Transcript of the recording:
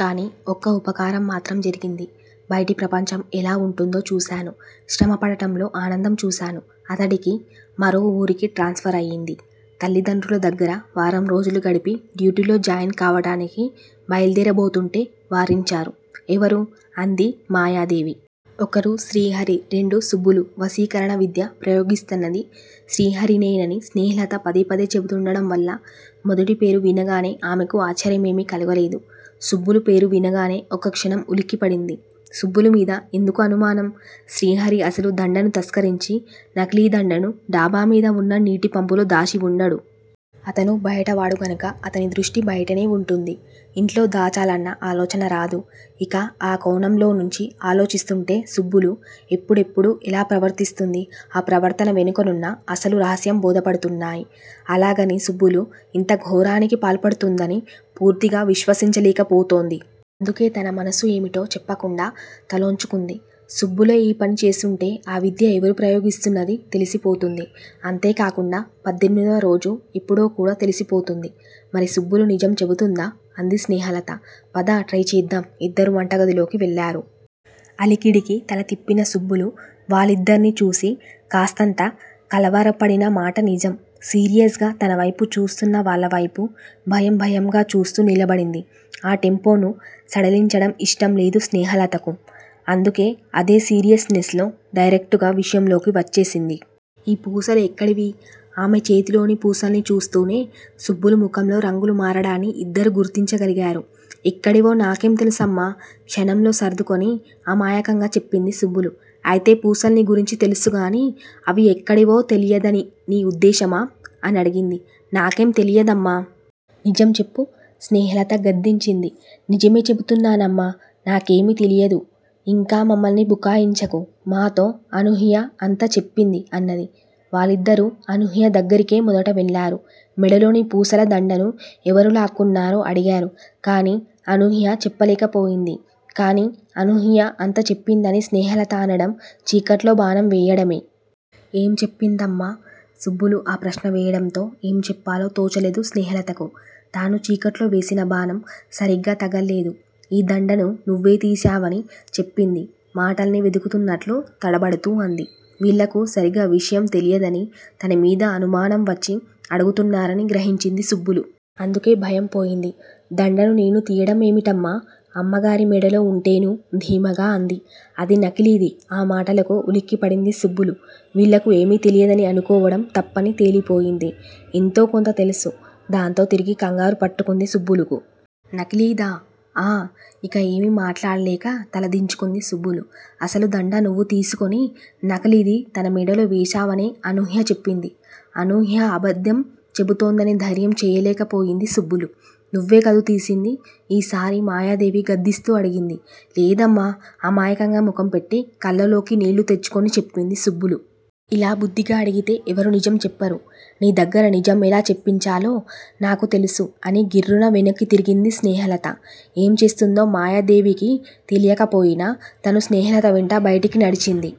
కాని, ఒక్క ఉపకారం మాత్రం జరిగింది. బయటి ప్రపంచం ఎలా వుంటుందో చూశాను. శ్రమ పడడంలో ఆనందం చూశాను. అతడికి మరో వూరికి ట్రాన్స ఫర్ అయింది. తల్లిదండ్రుల దగ్గర వారం రోజులు గడిపి, డ్యూటీలో జాయిన్ కావడానికి బయల్దేరబోతుంటే వారించారు. ఎవరు? అంది మాయాదేవి. ఒకరు శ్రీహరి, రెండు సుబ్బులు వశీకరణ విద్య ప్రయోగిస్తున్నది శ్రీహరేనని స్నేహలత పదే పదే చెబుతుండడం వల్ల మొదటిపేరు వినగానే ఆమెకు ఆశ్చర్యమేమీ కలగలేదు. సుబ్బులు పేరు వినగానే ఒక్కక్షణం ఉలిక్కి పడింది. సుబ్బులు మీద ఎందుకు అనుమానం? శ్రీహరి అసలు దండను తస్కరించి నకిలీ దండను డాబా మీద వున్న నీటి పంపులో దాచి వుండడు. అతను బయట వాడు గనుక అతని దృష్టి బయటనే వుంటుంది. ఇంట్లో దాచాలన్న ఆలోచన రాదు. ఇక ఆ కోణంలోంచి ఆలోచిస్తుంటే సుబ్బులు ఎప్పుడెప్పుడు ఎలా ప్రవర్తిస్తుందీ, ఆ ప్రవర్తన వెనకనున్న అసలు రహస్యం బోధపడుతున్నాయి. అలాగని సుబ్బులు ఇంత ఘోరానికి పాల్పడుతుందని పూర్తిగా విశ్వసించ లేకపోతోంది. అందుకే తన మనసు ఏమిటో చెప్పకుండా తలొంచుకుంది. సుబ్బులే ఈ పని చేసుంటే ఆ విద్య ఎవరు ప్రయోగిస్తున్నదీ తెలిసి పోతుంది. అంతే కాకుండా పద్దెనిమిదవ రోజు ఎప్పుడో కూడా తెలిసిపోతుంది. మరి సుబ్బులు నిజం చెబుతుందా? అంది స్నేహలత. పద- ట్రై చేద్దాం ఇద్దరూ వంట గదిలోకి వెళ్ళారు. అలికిడికి తల తిప్పిన సుబ్బులు వాళ్ళిద్దర్నీ చూసి కాస్తంత కలవరపడిన మాట నిజం. సీరియస్ గా తన వైపు చూస్తున్న వాళ్ళ వైపు భయం- భయంగా చూస్తూ నిలబడింది. ఆ టెంపోను సడలించడం ఇష్టం లేదు స్నేహలతకు. అందుకే అదే సీరియస్ నెస్ లో డైరెక్టుగా విషంలోకి వచ్చేసింది. ఈ పూసలు ఎక్కడివి? ఆమె చేతిలోని పూసల్ని చూస్తూనే సుబ్బులు ముఖంలో రంగులు మారడాన్ని ఇద్దరూ గుర్తించగలిగారు. ఎక్కడివో నాకేం తెలుసమ్మా? క్షణంలో సర్దుకుని అమాయకంగా చెప్పింది సుబ్బులు. అయితే పూసల్ని గురించి తెలుసుగానీ, అవి ఎక్కడివో తెలియదని నీ ఉద్దేశ్యమా? అనడిగింది. నాకేం తెలియదమ్మా! నిజం చెప్పు స్నేహలత గద్దించింది. నిజమే చెబుతున్నానమ్మా- నాకేమీ తెలియదు ఇంకా మమ్మల్ని బుకాయించకు మాతో అనూహ్య అంతా చెప్పింది అన్నది. వాళ్ళిద్దరూ అనూహ్య దగ్గరకే మొదట వెళ్ళారు. మెడలోని పూసల దండను ఎవరు లాక్కున్నారో అడిగారు. కానీ అనూహ్య చెప్పలేక పోయింది. కానీ అనూహ్య అంతా చెప్పిందని స్నేహలత అనడం చీకట్లో బాణం వేయడమే. ఏం చెప్పిందమ్మా! సుబ్బులు ఆ ప్రశ్న వేయడంతో ఏం చెప్పాలో తోచలేదు స్నేహలతకు. తాను చీకట్లో వేసిన బాణం సరిగ్గా తగల్లేదు. ఈ దండను నువ్వే తీశావని చెప్పింది మాటల్ని వెదుకుతున్నట్లు తడబడుతూ అంది. వీళ్ళకు సరిగ్గా విషయం తెలియదని, తనమీద అనుమానం వచ్చి అడుగుతున్నారని గ్రహించింది సుబ్బులు. అందుకే భయం పోయింది. దండను నేను తీయడం ఏమిటమ్మా- అమ్మగారి మెడలో ఉంటేనూ ధీమాగా అంది. అది నకిలీది ఆ మాటలకు ఉలిక్కి పడింది సుబ్బులు. వీళ్ళకు ఏమీ తెలియదని అనుకోవడం తప్పని తేలిపోయింది. ఎంతో కొంత తెల్సు. దాంతో తిరిగి కంగారు పట్టుకుంది సుబ్బులుకు. నకిలీదా? ఆఁ! ఇక ఏమీ మాట్లాడలేక తల దించుకుంది సుబ్బులు. అసలు దండ నువ్వు తీసుకుని నకిలీది తన మెడలో వేశావనే అనూహ్య చెప్పింది అనూహ్య అబద్ధం చెబుతోందనే ధైర్యం చేయలేక పోయింది సుబ్బులు. నువ్వే కదూ తీసింది ఈసారి మాయాదేవి గద్దిస్తూ అడిగింది. లేదమ్మా అమాయకంగా ముఖం పెట్టి కళ్ళలోకి నీళ్ళు తెచ్చుకొని చెప్పింది సుబ్బులు. ఇలా బుద్ధిగా అడిగితే ఎవరూ నిజం చెప్పారు. నీ దగ్గర నిజం ఎలా చెప్పించాలో నాకు తెలుసు అని గిర్రున వెనక్కి తిరిగింది స్నేహలత. ఏం చేస్తుందో మాయాదేవికి తెలియకపోయినా తనూ స్నేహలత వెంట బయటికి నడిచింది.